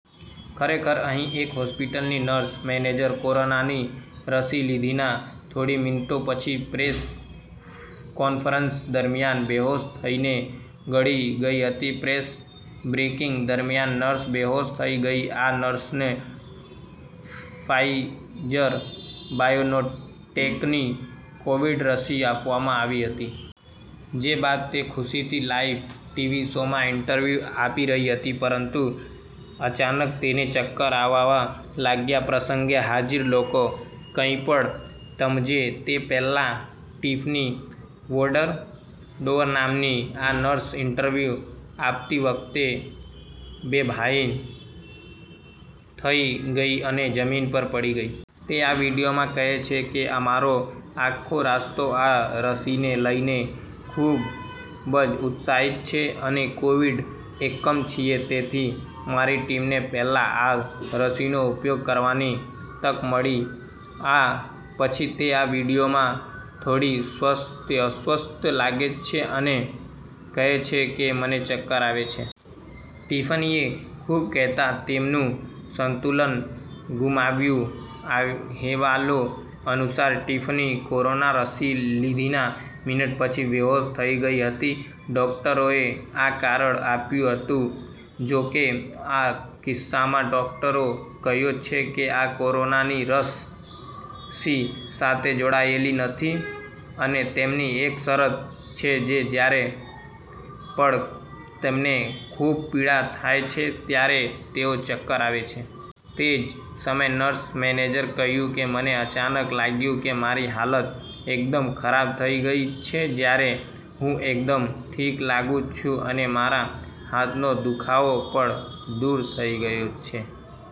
ખરેખર, અહીંની એક હોસ્પિટલની નર્સ મેનેજરે કોરોનાની રસી લીધાના થોડી મિનિટો પછી પ્રેસ કોન્ફરન્સ દરમિયાન બેહોશ થઈને ઢળી ગઈ હતી. પ્રેસ બ્રીફિંગ દરમિયાન નર્સ બેહોશ થઈ ગઈ આ નર્સને ફાઇઝર બાયોનોટેકની કોવિડ રસી આપવામાં આવી હતી. જે બાદ તે ખુશીથી લાઇવ ટીવી શોમાં ઇન્ટરવ્યુ આપી રહી હતી. પરંતુ અચાનક તેને ચક્કર આવવા લાગ્યાં. પ્રસંગે હાજર લોકો કંઈપણ સમજે તે પહેલાં, ટિફની ડોવર નામની આ નર્સ ઇન્ટરવ્યૂ આપતી વખતે બેભાન થઈ ગઈ અને જમીન પર પડી ગઈ. તે આ વીડિયોમાં કહે છે કે અમારો આખો રસ્તો આ રસીને લઈને ખૂબ જ ઉત્સાહિત છે. અમે કોવિડ એકમ છીએ, તેથી મારી ટીમને પહેલાં આ રસીનો ઉપયોગ કરવાની તક મળી. આ પછી, તે આ વિડિઓમાં થોડી અસ્વસ્થ લાગે છે અને કહે છે કે મને ચક્કર આવે છે. ટિફનીએ ખૂબ કહેતા તેમનું સંતુલન ગુમાવ્યું. અહેવાલો અનુસાર, ટિફની કોરોના રસી લીધાના મિનિટ પછી બેહોશ થઈ ગઈ હતી. ડોક્ટરોએ આ કારણ આપ્યું હતું જોકે, આ કિસ્સામાં, ડોકટરો કહે છે કે, આ કોરોના રસી સાથે જોડાયેલી નથી અને તેમની એક શરત છે કે જ્યારે પણ તેમને ખૂબ પીડા થાય છે, ત્યારે તેઓ ચક્કર આવે છે. તે જ સમયે નર્સ મેનેજરે કહ્યું કે, મને અચાનક લાગ્યું કે મારી હાલત એકદમ ખરાબ થઈ ગઈ છે જ્યારે હું એકદમ ઠીક લાગું છું અને મારા હાથનો દુખાવો પણ દૂર થઈ ગયો છે.